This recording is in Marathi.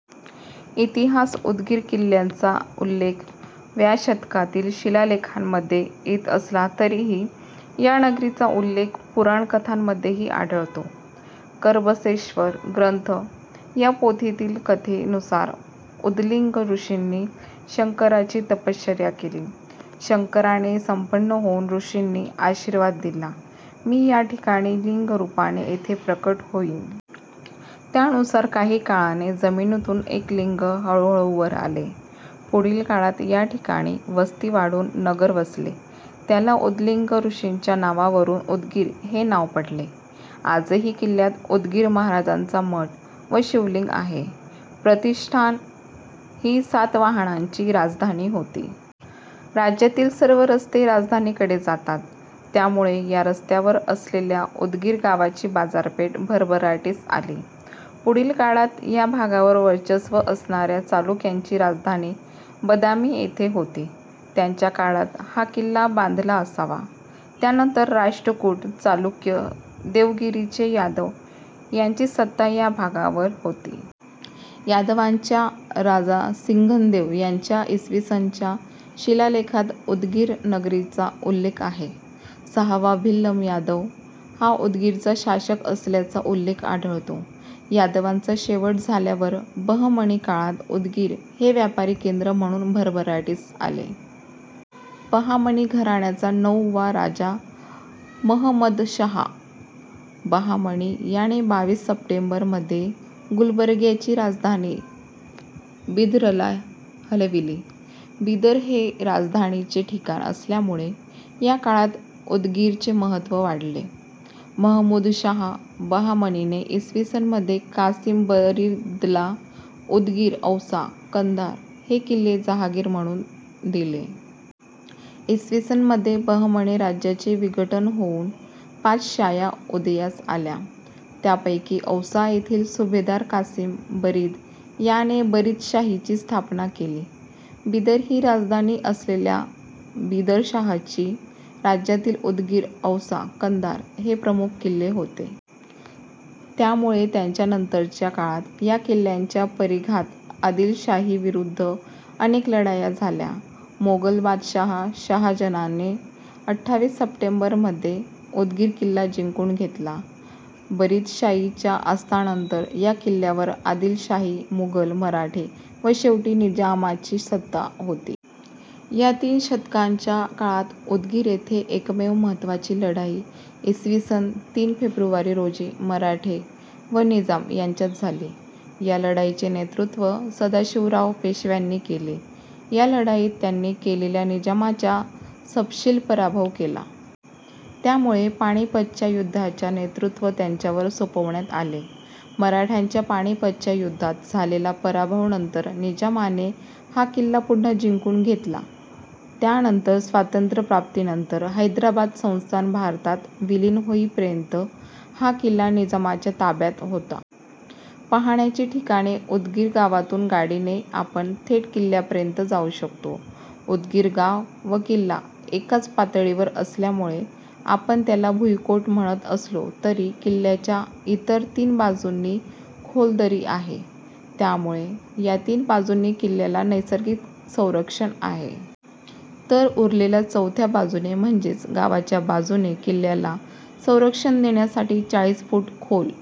इतिहास उदगिर किल्ल्याचा उल्लेख व्या शतकातील शिलालेखांमध्ये येत असला तरीही या नगरीचा उल्लेख पूराण कथांमध्येही आढळतो. करबसवेश्वर ग्रंथ या पोथीतील कथे नुसार उदलिंग ॠषींनी शंकराची तपश्चर्या केली. शंकराने प्रसन्न होऊन ॠषींनी आशिर्वाद दिला, मी या ठिकाणी लिंग रुपाने येथे प्रगट होईन. त्यानुसार काही काळाने जमिनीतून एक लिंग हळूहळू वर आले. पुढील काळात याठिकाणी वस्ती वाढून नगर वसले त्याला उदलिंग ॠषींच्या नावावरून उदगीर हे नाव पडले. आजही किल्ल्यात उदगिर महाराजांचा मठ व शिवलिंग आहे. प्रतिष्ठाण ही सातवाहनांची राजधानी होती. राज्यातील सर्व रस्ते राजधानीकडे जातात. त्यामुळे या रस्त्यावर असलेल्या उदगीर गावाची बाजारपेठ भरभराटीस आली. पुढील काळात या भागावर वर्चस्व असणार्या चालुक्यांची राजधानी बदामी येथे होती, त्यांच्या काळात हा किल्ला बांधला असावा. त्यानंतर राष्टकुट, चालुक्य, देवगिरीचे यादव यांची सत्ता या भागावर होती. यादवांच्या राजा सिंघनदेव यांच्या इ. स. च्या शिलालेखात उदगीर नगरीचा उल्लेख आहे. सहावा भिल्लम यादव हा उदगीरचा शासक असल्याचा उल्लेख आढळतो. यादवांचा शेवट झाल्यावर बहमनी काळात उदगीर हे व्यापारी केंद्र म्हणून भरभराटीस आले. बहामनी घराण्याचा नऊ वा राजा महमदशहा बहामनी याने बावीस सप्टेंबर मध्ये गुलबर्ग्याची राजधानी बिदरला हलविली. बिदर हे राजधानीचे ठिकाण असल्यामुळे त्या काळात उदगीरचे महत्व वाढले. महमुदशहा बहामनीने इ. स. मध्ये कासीम बरीदला उदगीर, औसा, कंधार हे किल्ले जहागिर म्हणून दिले. इ. स. मध्ये बहमनी राज्याचे विघटन होऊन पाच शाह्या उदयास आल्या. त्यापैकी औसा येथील सुभेदार कासीम बरीद याने बरीदशाहीची स्थापना केली. बिदर हि राजधानी असलेल्या बरीदशाहीच्या राज्यातील उदगीर, औसा, कंधार हे प्रमुख किल्ले होते. त्यामुळेच त्यानंतरच्या काळात या किल्ल्यांच्या परीघात आदिलशाही विरुध्द अनेक लढाया झाल्या. मोगल बादशहा शहाजहानने अठ्ठावीस सप्टेंबर मध्ये उदगीर किल्ला जिंकून घेतला. बरीदशाहीच्या अस्तानंतर या किल्ल्यावर आदिलशाही, मुघल, मराठे व शेवटी निजामाची सत्ता होती. या तीन शतकांच्या काळात उदगीर येथे एकमेव महत्वाची लढाई इ. स. तीन फेब्रुवारी रोजी मराठे व निजाम यांच्यात झाली. या लढाईचे नेतृत्व सदाशिवराव पेशव्यांनी केले. या लढाईत त्यांनी केलेल्या निजामाच्या सपशेल पराभव केला. त्यामूळे पानिपतच्या युध्दाच्या नेतृत्व त्यांच्यावर सोपवण्यात आले. मराठ्यांच्या पानिपतच्या युध्दात झालेल्या परभवा नंतर निजामाने हा किल्ला पुन्हा जिंकून घेतला. त्यानंतर स्वातंत्र्य प्राप्ती नंतर हैद्राबाद संस्थान भारतात विलिन होईपर्यंत हा किल्ला निजामाच्या ताब्यात होता. पहाण्याची ठिकाणे उदगीर गावातून गाडीने आपण थेट किल्ल्यापर्यंत जाऊ शकतो. उदगीर गाव व किल्ला एकाच पातळीवर असल्यामूळे आपण त्याला भूईकोट म्हणत असलो तरी, किल्ल्याच्या इतर तीन बाजूंनी खोल दरी आहे. त्यामूळे या तीन बाजूंनी किल्ल्याला नैसर्गिक संरक्षण आहे. तर उरलेल्या चौथ्या बाजूने म्हणजेच गावाच्या बाजूने किल्ल्याला संरक्षण देण्यासाठी चाळीस फूट खोल